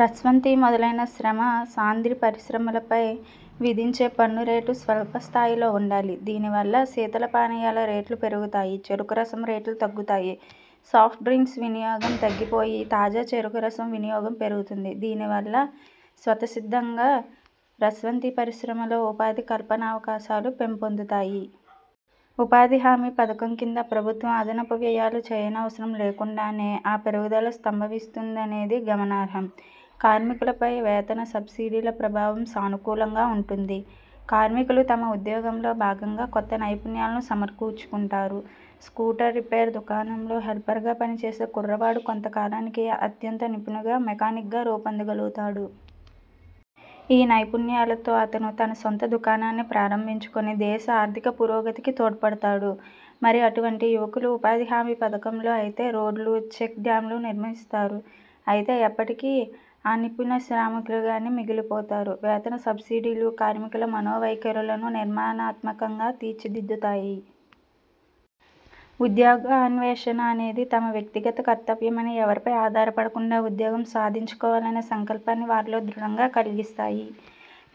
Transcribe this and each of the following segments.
రస్వంతి మొదలైన శ్రమ సాంద్ర పరిశ్రమలపై విధించే పన్నురేటు స్వల్పస్థాయిలో వుండాలి. దీనివల్ల శీతల పానీయాల రేట్లు పెరుగుతాయి. చెరుకురసం రేట్లు తగ్గుతాయి. సాఫ్ట్ డ్రింక్స్ వినియోగం తగ్గిపోయి తాజా చెరకురసం వినియోగం పెరుగుతుంది. దీని వల్ల స్వతసిద్ధంగా రస్వంతి పరిశ్రమలో ఉపాధి కల్పనావకాశాలు పెంపొందుతాయి. ఉపాధి హామీ పథకం కింద ప్రభుత్వం అదనపు వ్యయాలు చేయనవసరం లేకుండానే ఆ పెరుగుదల సంభవిస్తుందనేది గమనార్హం. కార్మికులపై వేతన సబ్సిడీల ప్రభావం సానుకూలంగా వుంటుంది. కార్మికులు తమ ఉద్యోగంలో భాగంగా కొత్త నైపుణ్యాలను సమకూర్చుకుంటారు. స్కూటర్ రిపేర్ దుకాణంలో హెల్పర్గా పనిచేసే కుర్రవాడు కొంతకాలానికి అత్యంత నిపుణ మెకానిక్గా రూపొందగలుగుతాడు. ఈ నైపుణ్యాలతో అతను తన సొంత దుకాణాన్ని ప్రారంభించుకొని దేశ ఆర్థిక పురోగతికి తోడ్పడతాడు. మరి అటువంటి యువకులు ఉపాధిహామీ పథకంలో అయితే రోడ్లు, చెక్ డ్యామ్లు నిర్మిస్తారు అయితే ఎప్పటికీ అనిపుణ శ్రామికులుగానే మిగిలిపోతారు. వేతన సబ్సిడీలు కార్మికుల మనోవైఖరులను నిర్మాణాత్మకంగా తీర్చి దిద్దుతాయి. ఉద్యోగాన్వేషణ అనేది తమవ్యక్తిగత కర్తవ్యమని, ఎవరిపై ఆధారపడకుండా ఉద్యోగం సాధించుకోవాలనే సంకల్పాన్ని వారిలో దృఢంగా కల్గిస్తాయి.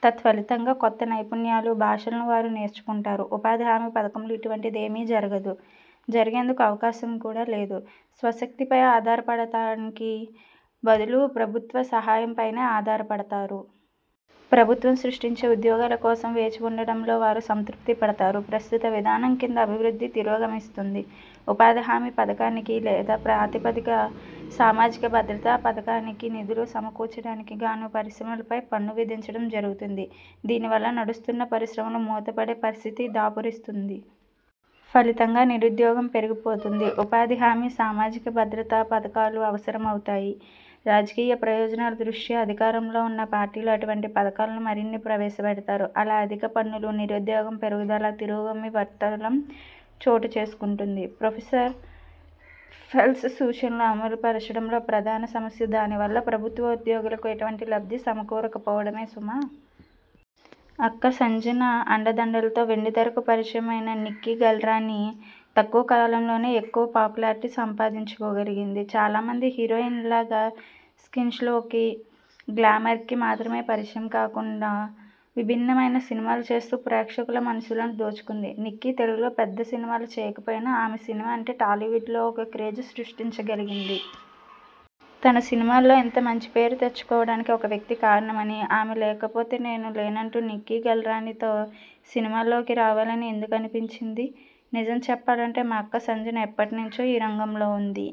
తత్ఫలితంగా కొత్త నైపుణ్యాలు, భాషలను వారు నేర్చుకుంటారు. ఉపాధి హామీ పథకంలో ఇటువంటిదేమీ జరగదు. జరిగేందుకు అవకాశం కూడా లేదు. స్వశక్తిపై ఆధారపడడానికి బదులు ప్రభుత్వ సహాయంపైనే ఆధారపడతారు. ప్రభుత్వం సృష్టించే ఉద్యోగాల కోసం వేచివుండడంలో వారు సంతృప్తి పడతారు. ప్రస్తుత విధానం కింద అభివృద్ధి తిరోగమిస్తుంది. ఉపాధిహామీ పథకానికి లేదా ప్రతిపాదిత సామాజిక భద్రతా పథకానికి నిధులు సమకూర్చడానికి గాను పరిశ్రమలపై పన్నులు విధించడం జరుగుతుంది. దీనివల్ల నడుస్తున్న పరిశ్రమలు మూతపడే పరిస్థితి దాపురిస్తుంది. ఫలితంగా నిరుద్యోగం పెరిగిపోతుంది. ఉపాధిహామీ, సామాజిక భద్రతా పథకాలు అవసరమవుతాయి. రాజకీయ ప్రయోజనాల దృష్ట్యా అధికారంలో వున్న పార్టీలు అటువంటి పథకాలను మరిన్ని ప్రవేశపెడతారు. అలా అధిక పన్నులు– నిరుద్యోగం పెరుగుదల తిరోగామి వర్తులం చోటుచేసుకొంటుంది. ప్రొఫెసర్ ఫెల్ఫ్స్ సూచనను అమలుపరచడంలో ప్రధాన సమస్య దానివల్ల ప్రభుత్వోద్యోగులకు ఎటువంటి లబ్ధి సమకూరకపోవడమే సుమా! అక్క సంజన అండదండలతో వెండితెరకు పరిచయమైన నిక్కి గల్రానీ తక్కువ కాలంలోనే ఎక్కువ పాపులార్టీ సంపాదించుకోగలిగింది. చాలామంది హీరోయిన్లలాగా స్కిన్షోకీ, గ్లామర్కీ మాత్రమే పరిచయం కాకుండా విభిన్నమైన సినిమాలు చేస్తూ ప్రేక్షకుల మనసు దోచుకుంది. నిక్కి తెలుగులో పెద్దగా సినిమాలు చేయకపోయినా, ఆమె సినిమా అంటే టాలీవుడ్లో ఓ క్రేజ్ను సృష్టించగలిగింది. తను సినిమాల్లో ఇంత మంచి పేరు తెచ్చుకోవడానికి ఓ వ్యక్తి కారణమనీ, ఆమె లేకపోతే తను లేనంటున్న నిక్కి గల్రానీతో సినిమాల్లోకి రావాలని ఎందుకనిపించింది? నిజం చెప్పాలంటే మా అక్క సంజన ఎప్పటినుంచో ఈ రంగంలో ఉంది.